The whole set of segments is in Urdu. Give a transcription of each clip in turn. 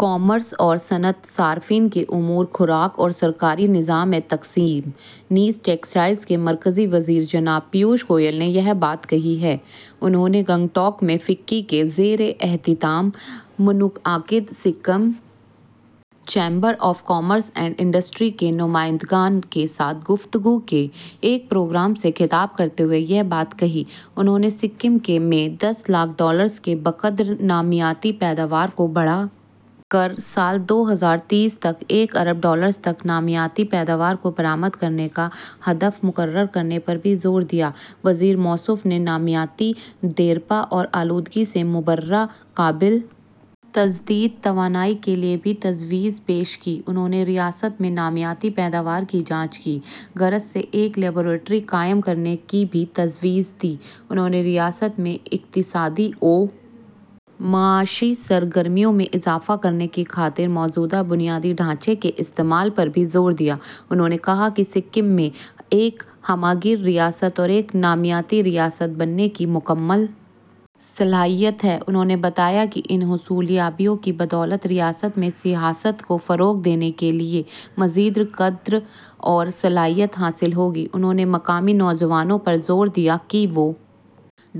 کامرس اور صنعت صارفین کے امور خوراک اور سرکاری نظام تقسیم نیز ٹیکسٹائلز کے مرکزی وزیر جناب پیوش گوئل نے یہ بات کہی ہے انہوں نے گنگٹوک میں فکی کے زیراہتمام منعقدہ Sikkim chamber of commerce and industry کے نمائندگان کے ساتھ گفتگو کے ایک پروگرام سے خطاب کرتے ہوئے یہ بات کہی انہوں نے سکم میں دس لاکھ ڈالرز کے بقدر نامیاتی پیداوار کو بڑھا کر سال دو ہزار تیس تک ایک ارب ڈالرز تک نامیاتی پیداوار کو برآمد کرنے کا ہدف مقرر کرنے پر بھی زور دیا وزیر موصوف نے نامیاتی دیرپا اور آلودگی سے مبرا قابل تجدید توانائی کے لیے بھی تجویز پیش کی انہوں نے ریاست میں نامیاتی پیداوار کی جانچ کی غرض سے ایک لیبارٹری قائم کرنے کی بھی تجویز دی انہوں نے ریاست میں اقتصادی و معاشی سرگرمیوں میں اضافہ کرنے کی خاطر موجودہ بنیادی ڈھانچے کے استعمال پر بھی زور دیا انہوں نے کہا کہ سکم میں ایک ہمہ گیر ریاست اور ایک نامیاتی ریاست بننے کی مکمل صلاحیت ہے انہوں نے بتایا کہ ان حصولیابیوں کی بدولت ریاست میں سیاحت کو فروغ دینے کے لیے مزید قدر اور صلاحیت حاصل ہوگی انہوں نے مقامی نوجوانوں پر زور دیا کہ وہ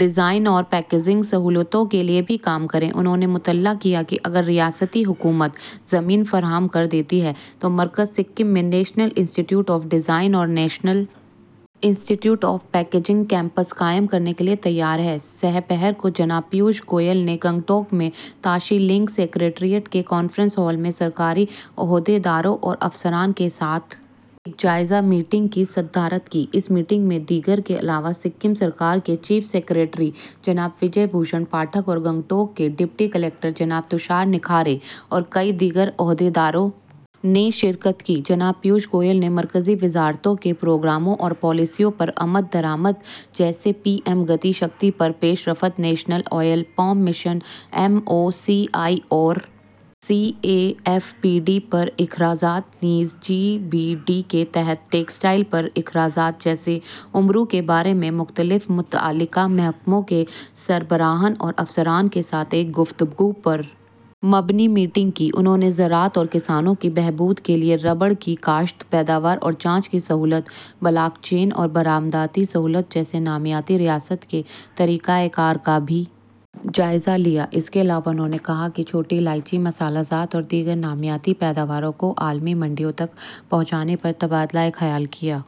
ڈیزائن اور پیکیجنگ سہولتوں کے لیے بھی کام کریں انہوں نے مطلع کیا کہ اگر ریاستی حکومت زمین فراہم کر دیتی ہے تو مرکز سکم میں national institute of design اور national institute of packaging campus قائم کرنے کے لیے تیار ہے سہ پہر کو جناب پیوش گوئل نے گنگٹوک میں تاشی لنگ سکریٹریٹ کے کانفرنس ہال میں سرکاری عہدیداروں اور افسران کے ساتھ ایک جائزہ میٹنگ کی صدارت کی اس میٹنگ میں دیگر کے علاوہ سکم سرکار کے چیف سکریٹری جناب وجے بھوشن پاٹھک اور گنگٹوک کے ڈپٹی کلکٹر جناب تشار نکھارے اور کئی دیگر عہدیداروں نے شرکت کی جناب پیوش گوئل نے مرکزی وزارتوں کے پروگراموں اور پالیسیوں پر عمل درآمد جیسے پی ایم گتی شکتی پر پیش رفت national oil palm mission M O C I اور C A F P D پر اخراجات نیز جی بی ڈی کے تحت ٹیکسٹائلز پر اخراجات جیسے امور کے بارے میں مختلف متعلقہ محکموں کے سربراہان اور افسران کے ساتھ ایک گفتگو پر مبنی میٹنگ کی انہوں نے زراعت اور کسانوں کی بہبود کے لیے ربر کی کاشت پیداوار اور جانچ کی سہولت بلاک چین اور برآمداتی سہولت جیسے نامیاتی ریاست کے طریق کار کا بھی جائزہ لیا اس کے علاوہ انہوں نے کہا کہ چھوٹی الائچی مصالحہ جات اور دیگر نامیاتی پیداوار کو عالمی منڈیوں تک پہنچانے پر تبادلہ خیال کیا